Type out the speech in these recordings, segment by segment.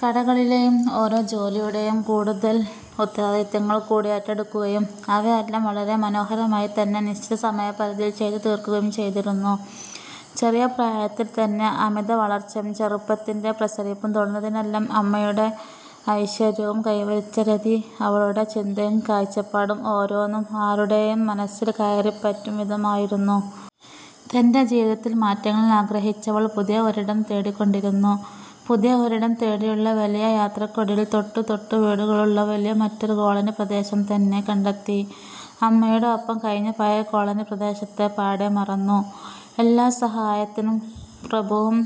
കടകളിലെയും ഓരോ ജോലിയുടെയും കൂടുതൽ ഉത്തരവാദിത്വങ്ങൾകൂടി ഏറ്റെടുക്കുകയും അവയെല്ലാം വളരെ മനോഹരമായി തന്നെ നിശ്ചിത സമയപരിധിയിൽ ചെയ്തു തീർക്കുകയും ചെയ്തിരുന്നു. ചെറിയ പ്രായത്തിൽ തന്നെ അമിത വളർച്ചയും ചെറുപ്പത്തിന്റെ പ്രസരിപ്പും തൊടുന്നതിനെല്ലാം അമ്മയുടെ ഐശ്വര്യവും കൈവരിച്ച രതി അവളുടെ ചിന്തയും കാഴ്ചപ്പാടും ഓരോന്നും ആരുടെയും മനസ്സിൽ കയറിപ്പറ്റും വിധമായിരുന്നു. തന്റെ ജീവിതത്തിൽ മാറ്റങ്ങൾ ആഗ്രഹിച്ചവൾ പുതിയ ഒരിടം തേടിക്കൊണ്ടിരുന്നു. പുതിയ ഒരിടം തേടിയുള്ള വലിയ യാത്രക്കൊടുവിൽ തൊട്ടു തൊട്ടു വീടുകളുള്ള വലിയ മറ്റൊരു കോളനി പ്രദേശം തന്നെ, കണ്ടെത്തി അമ്മയുടെ ഒപ്പം കഴിഞ്ഞ പഴയ കോളനി പ്രദേശത്തെ പാടേ മറന്നു, എല്ലാ സഹായത്തിനും പ്രഭുവും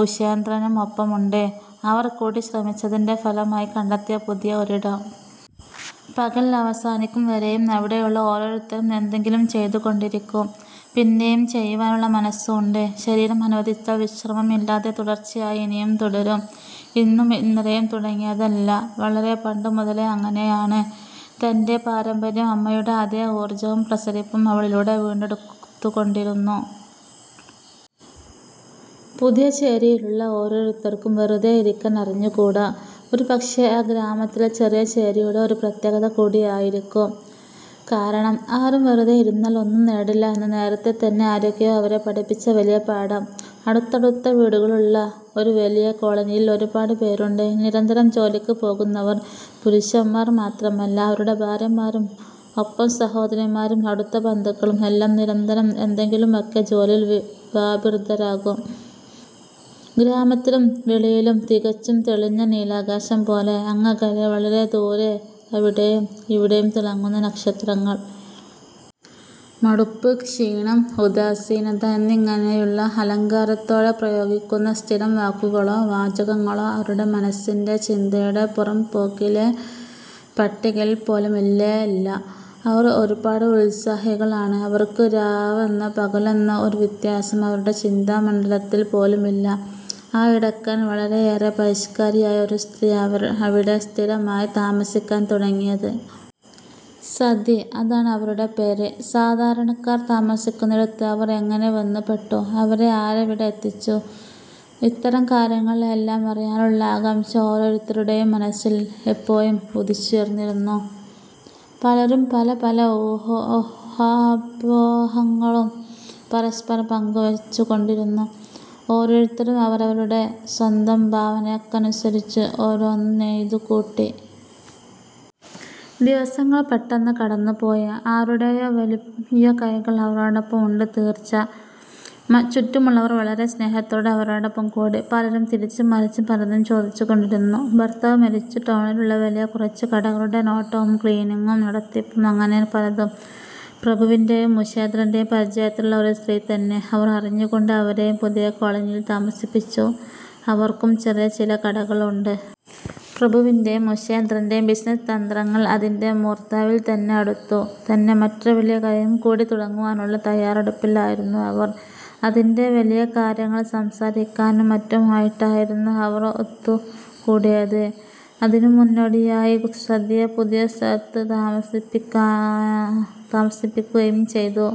ഉഷേന്ദ്രനും ഒപ്പമുണ്ട്, അവർകൂടി ശ്രമിച്ചതിന്റെ ഫലമായി കണ്ടെത്തിയ പുതിയ ഒരിടം. പകൽ അവസാനിക്കും വരെയും അവിടെയുള്ള ഓരോരുത്തരും എന്തെങ്കിലും ചെയ്തു കൊണ്ടിരിക്കും, പിന്നെയും ചെയ്യുവാനുള്ള മനസ്സ് ഉണ്ട്, ശരീരം അനുവദിച്ചാൽ വിശ്രമമില്ലാതെ തുടർച്ചയായി, ഇനിയും തുടരും. ഇന്നും ഇന്നലെയും തുടങ്ങിയതല്ല, വളരെ പണ്ടു മുതലേ അങ്ങനെയാണ്, തന്റെ പാരമ്പര്യം, അമ്മയുടെ അതേ ഊർജവും പ്രസരിപ്പും അവളിലൂടെ വീണ്ടെടുത്തുകൊണ്ടിരുന്നു. പുതിയ ചേരിയിലുള്ള ഓരോരുത്തർക്കും വെറുതെ ഇരിക്കാൻ അറിഞ്ഞുകൂടാ, ഒരു പക്ഷെ ആ ഗ്രാമത്തിലെ ചെറിയ ചേരിയുടെ ഒരു പ്രത്യേകത കൂടി ആയിരിക്കും, കാരണം ആരും വെറുതെ ഇരുന്നാൽ ഒന്നുംനേടില്ല എന്ന് നേരത്തെ തന്നെ ആരൊക്കെയോ അവരെ പഠിപ്പിച്ച വലിയ പാഠം. അടുത്തടുത്തു വീടുകളുള്ള ഒരു വലിയ കോളനിയിൽ ഒരുപാട് പേരുണ്ട്, നിരന്തരം ജോലിക്ക് പോകുന്നവർ, പുരുഷന്മാർ മാത്രമല്ല അവരുടെ ഭാര്യമാരും ഒപ്പം സഹോദരിമാരും അടുത്ത ബന്ധുക്കളും എല്ലാം നിരന്തരം എന്തെങ്കിലുമൊക്കെ ജോലിയിൽ വ്യാപൃതരാകും ഗ്രാമത്തിലും വെളിയിലും, തികച്ചും തെളിഞ്ഞ നീലാകാശം പോലെ, അങ്ങകലെ വളരെദൂരെ അവിടെയും ഇവിടെയും തിളങ്ങുന്ന നക്ഷത്രങ്ങൾ. മടുപ്പ്, ക്ഷീണം, ഉദാസീനത എന്നിങ്ങനെയുള്ള അലങ്കാരത്തോടെ പ്രയോഗിക്കുന്ന സ്ഥിരം വാക്കുകളോ വാചകങ്ങളോ അവരുടെ മനസ്സിന്റെ ചിന്തയുടെ പുറം പോക്കിലെ പട്ടികയിൽ പോലും ഇല്ലേ ഇല്ല. അവർ ഒരുപാട് ഉത്സാഹികൾ ആണ് അവർക്ക് രാവെന്നോ പകലെന്നോ ഒരു വ്യത്യാസം അവരുടെ ചിന്താ മണ്ഡലത്തിൽ പോലും ഇല്ല. ആയിടക്കാണ് വളരെയേറെ പരിഷ്ക്കാരിയായ ഒരു സ്ത്രീ അവിടെ സ്ഥിരമായി താമസിക്കാൻ തുടങ്ങിയത്. 'സതി ' അതാണ് അവരുടെ പേര്. സാധാരണക്കാർ താമസിക്കുന്നിടത്തു അവർ എങ്ങനെ വന്ന് പെട്ടു, അവരെ ആരവിടെ എത്തിച്ചു ഇത്തരം കാര്യങ്ങൾ എല്ലാം അറിയാനുള്ള ആകാംഷ ഓരോരുത്തരുടെയും മനസ്സിൽ എപ്പോഴും ഉദിച്ചുയർന്നിരുന്നു. പലരും പല പല ഊഹാപോഹങ്ങളും പരസ്പരം പങ്കുവച്ചു കൊണ്ടിരുന്നു. ഓരോരുത്തരും അവരവരുടെ സ്വന്തം ഭാവനക്കനുസരിച്ചു ഓരോന്നും നെയ്തു കൂട്ടി. ദിവസങ്ങൾ പെട്ടെന്ന് കടന്നു പോയി. ആരുടെയോ വലിയ കൈകൾ അവരോടൊപ്പം ഉണ്ട് തീർച്ച, ചുറ്റുമുള്ളവർ വളരെ സ്നേഹത്തോടെ അവരോടൊപ്പം കൂടി. പലരും തിരിച്ചും മറിച്ചും പലതും ചോദിച്ചു കൊണ്ടിരുന്നു. ഭർത്താവ് മരിച്ചു, ടൗണിലുള്ള വലിയ കുറച്ചു കടകളുടെ നോട്ടവും ക്ലീനിങ്ങും നടത്തിപ്പും അങ്ങനെ പലതും. പ്രഭുവിന്റെയും ഉഷേന്ദ്രന്റെയും പരിചയത്തിലുള്ള ഒരു സ്ത്രീ തന്നെ, അവർ അറിഞ്ഞുകൊണ്ട് അവരെയും പുതിയ കോളനിയിൽ താമസിപ്പിച്ചു, അവർക്കും ചെറിയ ചില കടകൾ ഉണ്ട്. പ്രഭുവിന്റെയും, ഉഷേന്ദ്രന്റെയും ബിസിനസ് തന്ത്രങ്ങൾ അതിന്റ മൂർദ്ധാവിൽ തന്നെ, അടുത്തു തന്നെ മറ്റൊരു വലിയ കടയും കൂടി തുടങ്ങുവാനുള്ള തയാറെടുപ്പിൽ ആയിരുന്നു അവർ, അതിന്റ വലിയ കാര്യങ്ങൾ സംസാരിക്കാനും മറ്റുമായിട്ടായിരുന്നു അവർ ഒത്തു കൂടിയത്. അതിനു മുന്നോടിയായി സതിയെ പുതിയ സ്ഥലത്തു താമസിപ്പിക്കുകയും ചെയ്തു.